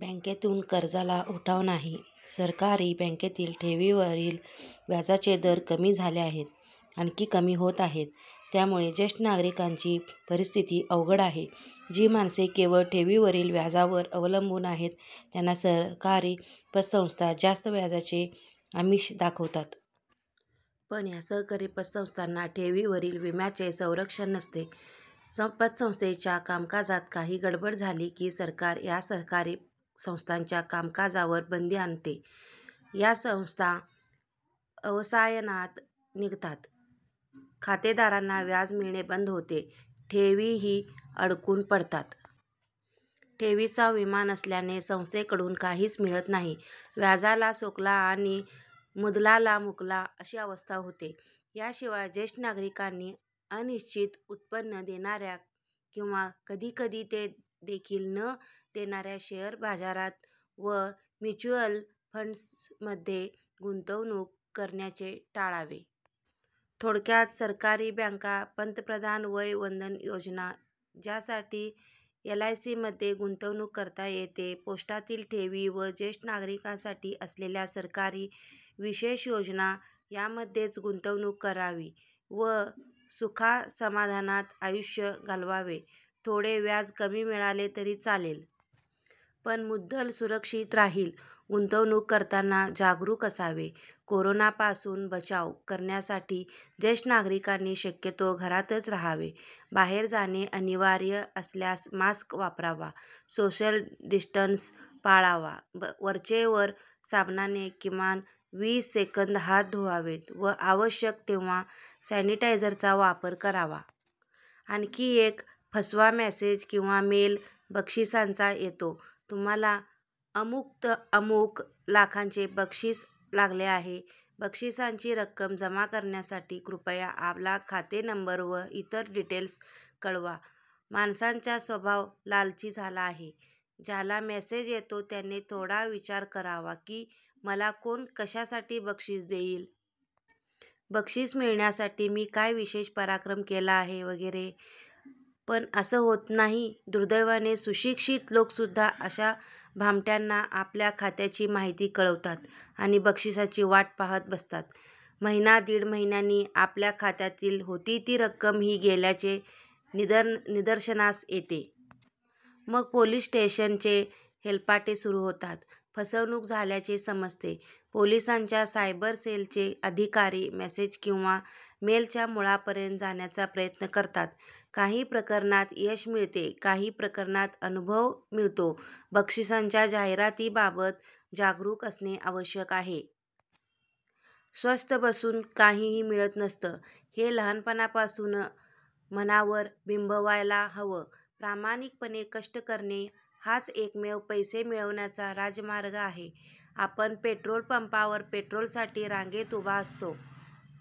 बँकेतून कर्जाला उठाव नाही. सरकारी बँकेतील ठेवींवरील व्याजाचे दर कमी झाले आहेत. आणखी कमी होत आहेत. त्यामुळे ज्येष्ठ नागरिकांची परिस्थिती अवघड आहे. जी माणसे केवळ ठेवींवरील व्याजावर अवलंबून आहेत, त्यांना सहकारी पतसंस्था जास्त व्याजाचे आमिष दाखवतात. पण या सहकारी पतसंस्थांना ठेवींवरील विम्याचे संरक्षण नसते. पतसंस्थेच्या कामकाजात काही गडबड झाली की सरकार या सहकारी संस्थांच्या कामकाजावर बंदी आणते. या संस्था अवसायनात निघतात. खातेदारांना व्याज मिळणे बंद होते. ठेवीही अडकून पडतात. ठेवींचा विमा नसल्याने संस्थेकडून काहीच मिळत नाही. व्याजाला सोकला आणि मुदलाला मुकला, अशी अवस्था होते. याशिवाय ज्येष्ठ नागरिकांनी अनिश्चित उत्पन्न देणाऱ्या किंवा कधीकधी ते देखील न देणाऱ्या शेअर बाजारात व म्युच्युअल फंड्समध्ये गुंतवणूक करण्याचे टाळावे. थोडक्यात सरकारी बँका, पंतप्रधान वय वंदन योजना, ज्यासाठी एलआयसीमध्ये गुंतवणूक करता येते, पोस्टातील ठेवी व ज्येष्ठ नागरिकांसाठी असलेल्या सरकारी विशेष योजना यामध्येच गुंतवणूक करावी व सुखासमाधानात आयुष्य घालवावे. थोडे व्याज कमी मिळाले तरी चालेल. पण मुद्दल सुरक्षित राहील. गुंतवणूक करताना जागरूक असावे. कोरोनापासून बचाव करण्यासाठी ज्येष्ठ नागरिकांनी शक्यतो घरातच राहावे. बाहेर जाणे अनिवार्य असल्यास मास्क वापरावा, सोशल डिस्टन्स पाळावा, वरचेवर साबणाने किमान वीस सेकंद हात धुवावेत व आवश्यक तेव्हा सॅनिटायझरचा वापर करावा. आणखी एक फसवा मेसेज किंवा मेल बक्षिसाचा येतो. तुम्हाला अमुक अमुक लाखांचे बक्षीस लागले आहे. बक्षिसाची रक्कम जमा करण्यासाठी कृपया आपला खाते नंबर व इतर डिटेल्स कळवा. माणसाचा स्वभाव लालची झाला आहे. ज्याला मेसेज येतो त्याने थोडा विचार करावा की, मला कोण कशासाठी बक्षीस देईल? बक्षीस मिळण्यासाठी मी काय विशेष पराक्रम केला आहे? वगैरे. पण असं होत नाही. दुर्दैवाने सुशिक्षित लोकसुद्धा अशा भामट्यांना आपल्या खात्याची माहिती कळवतात आणि बक्षिसाची वाट पाहत बसतात. महिना दीड महिन्यांनी आपल्या खात्यातील होती ती रक्कमही गेल्याचे निदर्शनास येते. मग पोलिस स्टेशनचे हेलपाटे सुरू होतात. फसवणूक झाल्याचे समजते. पोलिसांच्या सायबर सेलचे अधिकारी मेसेज किंवा मेलच्या मुळापर्यंत जाण्याचा प्रयत्न करतात. काही प्रकरणात यश मिळते. काही प्रकरणात अनुभव मिळतो. बक्षिसाच्या जाहिरातीबाबत जागरूक असणे आवश्यक आहे. स्वस्थ बसून काहीही मिळत नसतं, हे लहानपणापासून मनावर बिंबवायला हवं. प्रामाणिकपणे कष्ट करणे हाच एकमेव पैसे मिळवण्याचा राजमार्ग आहे. आपण पेट्रोल पंपावर पेट्रोलसाठी रांगेत उभे असतो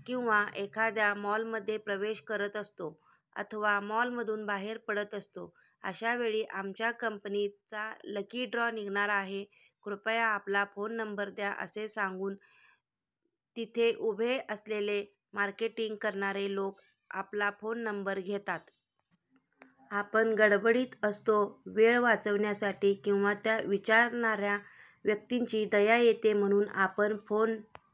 किंवा एखाद्या मॉलमध्ये प्रवेश करत असतो अथवा मॉलमधून बाहेर पडत असतो, अशावेळी आमच्या कंपनीचा लकी ड्रॉ निघणार आहे, कृपया आपला फोन नंबर द्या, असे सांगून तिथे उभे असलेले मार्केटिंग करणारे लोक आपला फोन नंबर घेतात. आपण गडबडीत असतो. वेळ वाचवण्यासाठी, किंवा त्या विचारणाऱ्या व्यक्तीची दया येते म्हणून आपण फोन